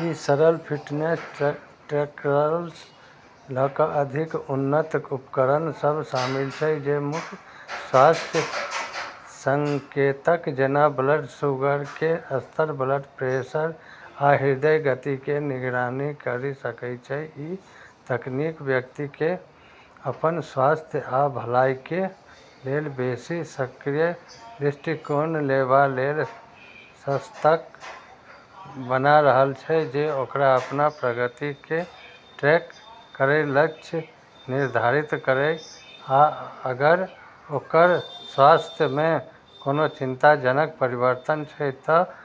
ई सरल फिटनेस ट्रैकरसँ ल' क' अधिक उन्नत उपकरण सब शामिल छै जे मुख्य स्वास्थ्य संकेतक जेना ब्लड शुगरके स्तर, ब्लड प्रेशर, आ हृदय गतिके निगरानी करि सकै छै । ई तकनीक व्यक्तिके अपन स्वास्थ्य आ भलाइके लेल बेशी सक्रिय दृष्टिकोण लेवा लेल सशक्त बना रहल छै, जे ओकरा अपन प्रगतिके ट्रैक करै, लक्ष्य निर्धारित करै आ अगर ओकर स्वास्थ्यमे कोनो चिंताजनक परिवर्तन छै त'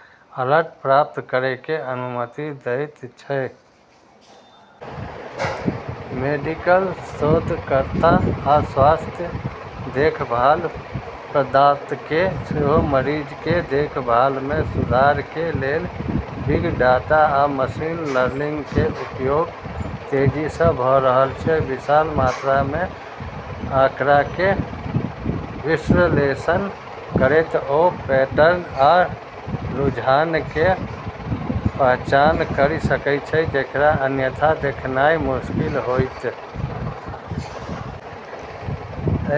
अलर्ट प्राप्त करैके अनुमति दैत छै । मेडिकल शोधकर्ता आ स्वास्थ्य देखभाल प्रदाताके सेहो मरीजके देखभालमे सुधारके लेल बिग डाटा आ मशीन लर्निंगके उपयोग तेजीसँ भ' रहल छै । विशाल मात्रामे आंकड़ाकें विश्लेषण करैत ओ पैटर्न आ रुझानकें पहचान करि सके छै जेकरा अन्यथा देखनाइ मुश्किल होइत।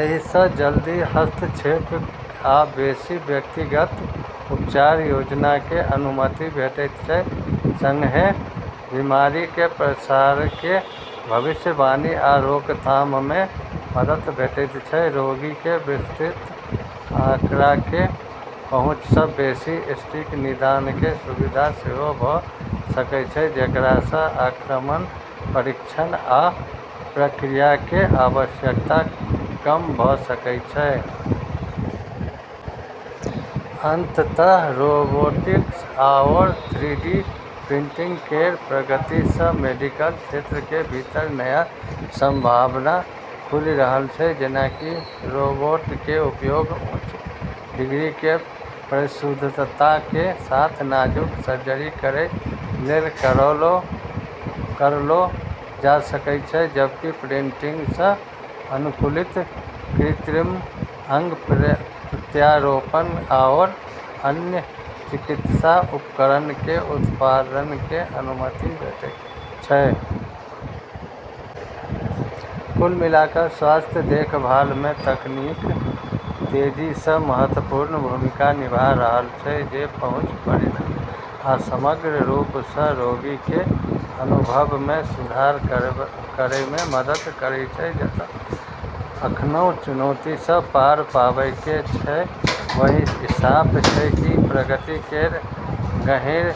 एहिसँ जल्दी हस्तक्षेप आ बेसि व्यक्तिगत उपचार योजनाके अनुमति भेटैत छै, सङ्गहेँ बीमारिके प्रसारके भविष्यवाणी आ रोकथाममे मदद भेटैत छै । रोगीके विस्तृत आंकड़ाके पहुंचसँ बेशी सटीक निदानके सुविधा सेहो भ' सकै छै, जेकरासँ आक्रामक परीक्षण आ प्रक्रियाके आवश्यकता कम भ' सकै छै । अंततः रोबोटिक्स आओर थ्रीडी प्रिंटिंग केर प्रगतिसँ मेडिकल क्षेत्रके भीतर नया संभावना खुलि रहल छै। जेना कि रोबोटके उपयोग उच्च डिग्रीके परिशुद्धताके साथ नाजुक सर्जरी करै लेल करलौ जा सकै छै, जबकि प्रिंटिंगसँ अनुकूलित कृत्रिम अंग, प्रत्यारोपण आओर अन्य चिकित्सा उपकरणके उत्पादनके अनुमति भेटै छै। कुल मिलाके, स्वास्थ्य देखभालमे तकनीक तेजीसँ महत्वपूर्ण भूमिका निभा रहल छै, जे पहुंच, परिणाम, आ समग्र रूपसँ रोगीके अनुभवमे सुधार करैमे मदद करै छै । जतऽ अखनउ चुनौतीसँ पार पाबैके छै, वहीं ई साफ छै कि ई प्रगति केर गहीँर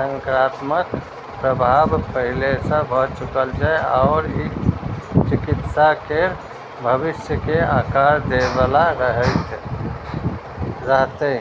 सकारात्मक प्रभाव पहिलेसँ भ' चुकल छै आओर ई चिकित्सा केर भविष्यके आकार दैबला रहतै।